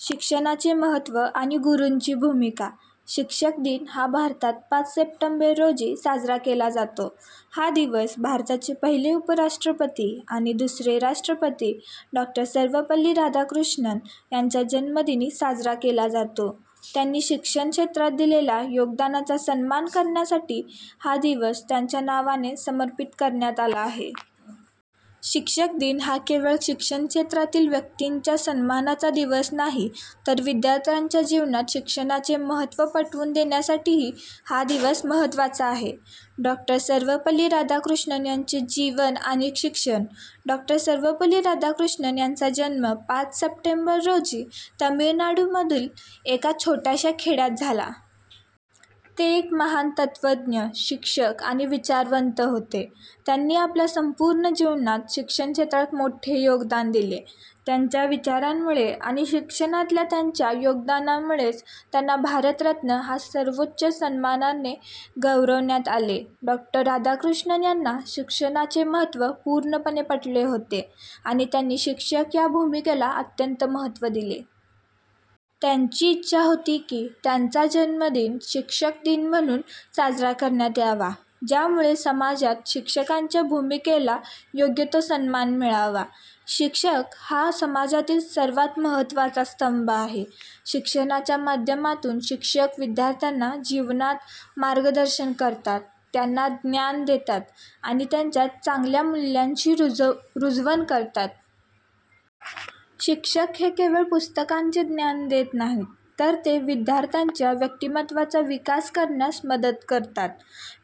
शिक्षणाचे महत्त्व आणि गुरूंची भूमिका, शिक्षक दिन हा भारतात पाच सप्टेंबर रोजी साजरा केला जातो. हा दिवस भारताचे पहिले उपराष्ट्रपती आणि दुसरे राष्ट्रपती डॉ. सर्वपल्ली राधाकृष्णन यांच्या जन्मदिनी साजरा केला जातो. त्यांनी शिक्षण क्षेत्रात दिलेल्या योगदानाचा सन्मान करण्यासाठी हा दिवस त्यांच्या नावाने समर्पित करण्यात आला आहे. शिक्षक दिन हा केवळ शिक्षण क्षेत्रातील व्यक्तींच्या सन्मानाचा दिवस नाही, तर विद्यार्थ्यांच्या जीवनात शिक्षणाचे महत्त्व पटवून देण्यासाठीही हा दिवस महत्त्वाचा आहे. डॉ. सर्वपल्ली राधाकृष्णन यांचे जीवन आणि शिक्षण, डॉ. सर्वपल्ली राधाकृष्णन यांचा जन्म पाच सप्टेंबर रोजी तमिळनाडूमधील एका छोट्या खेड्यात झाला. ते एक महान तत्त्वज्ञ, शिक्षक, आणि विचारवंत होते. त्यांनी आपल्या संपूर्ण जीवनात शिक्षण क्षेत्रात मोठे योगदान दिले. त्यांच्या विचारांमुळे आणि शिक्षणातल्या त्यांच्या योगदानामुळेच त्यांना भारतरत्न या सर्वोच्च सन्मानाने गौरविण्यात आले. डॉ. राधाकृष्णन यांना शिक्षणाचे महत्त्व पूर्णपणे पटले होते आणि त्यांनी शिक्षक या भूमिकेला अत्यंत महत्त्व दिले. त्यांची इच्छा होती की त्यांचा जन्मदिन शिक्षक दिन म्हणून साजरा करण्यात यावा, ज्यामुळे समाजात शिक्षकांच्या भूमिकेला योग्य तो सन्मान मिळावा. शिक्षक हा समाजातील सर्वात महत्त्वाचा स्तंभ आहे. शिक्षणाच्या माध्यमातून शिक्षक विद्यार्थ्यांना जीवनात मार्गदर्शन करतात, त्यांना ज्ञान देतात, आणि त्यांच्यात चांगल्या मूल्यांची रुजवण करतात. शिक्षक हे केवळ पुस्तकांचे ज्ञान देत नाहीत, तर ते विद्यार्थ्यांच्या व्यक्तिमत्त्वाचा विकास करण्यास मदत करतात.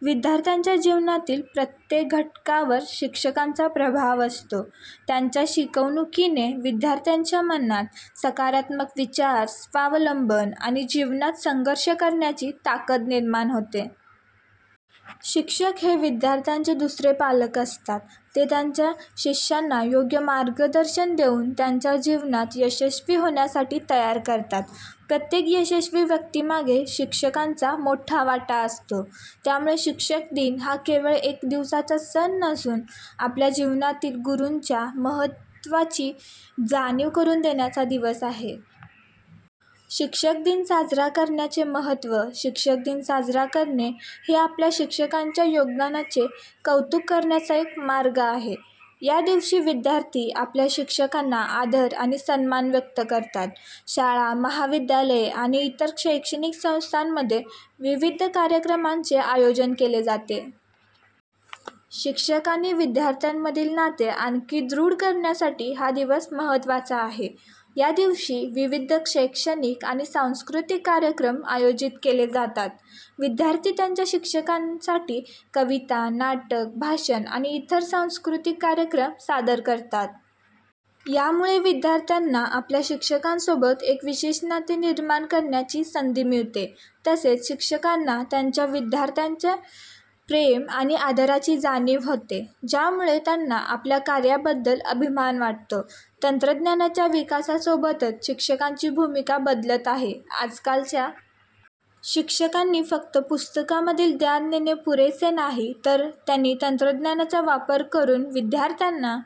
विद्यार्थ्यांच्या जीवनातील प्रत्येक घटकावर शिक्षकांचा प्रभाव असतो. त्यांच्या शिकवणुकीने विद्यार्थ्यांच्या मनात सकारात्मक विचार, स्वावलंबन, आणि जीवनात संघर्ष करण्याची ताकद निर्माण होते. शिक्षक हे विद्यार्थ्यांचे दुसरे पालक असतात. ते त्यांच्या शिष्यांना योग्य मार्गदर्शन देऊन त्यांना जीवनात यशस्वी होण्यासाठी तयार करतात. प्रत्येक यशस्वी व्यक्तीमागे शिक्षकांचा मोठा वाटा असतो. त्यामुळे शिक्षक दिन हा केवळ एक दिवसाचा सण नसून, आपल्या जीवनातील गुरूंच्या महत्त्वाची जाणीव करून देण्याचा दिवस आहे. शिक्षक दिन साजरा करण्याचे महत्त्व, शिक्षक दिन साजरा करणे हे आपल्या शिक्षकांच्या योगदानाचे कौतुक करण्याचा एक मार्ग आहे. या दिवशी विद्यार्थी आपल्या शिक्षकांना आदर आणि सन्मान व्यक्त करतात. शाळा, महाविद्यालये आणि इतर शैक्षणिक संस्थांमध्ये विविध कार्यक्रमांचे आयोजन केले जाते. शिक्षक आणि विद्यार्थ्यांमधील नाते आणखी दृढ करण्यासाठी हा दिवस महत्त्वाचा आहे. या दिवशी विविध शैक्षणिक आणि सांस्कृतिक कार्यक्रम आयोजित केले जातात. विद्यार्थी त्यांच्या शिक्षकांसाठी कविता, नाटक, भाषण, आणि इतर सांस्कृतिक कार्यक्रम सादर करतात. यामुळे विद्यार्थ्यांना आपल्या शिक्षकांसोबत एक विशेष नाते निर्माण करण्याची संधी मिळते. तसेच, शिक्षकांना त्यांच्या विद्यार्थ्यांच्या प्रेम आणि आदराची जाणीव होते, ज्यामुळे त्यांना आपल्या कार्याबद्दल अभिमान वाटतो. तंत्रज्ञानाच्या विकासासोबतच शिक्षकांची भूमिका बदलत आहे. आजकालच्या शिक्षकांनी फक्त पुस्तकांमधील ज्ञान देणे पुरेसे नाही, तर त्यांनी तंत्रज्ञानाचा वापर करून विद्यार्थ्यांना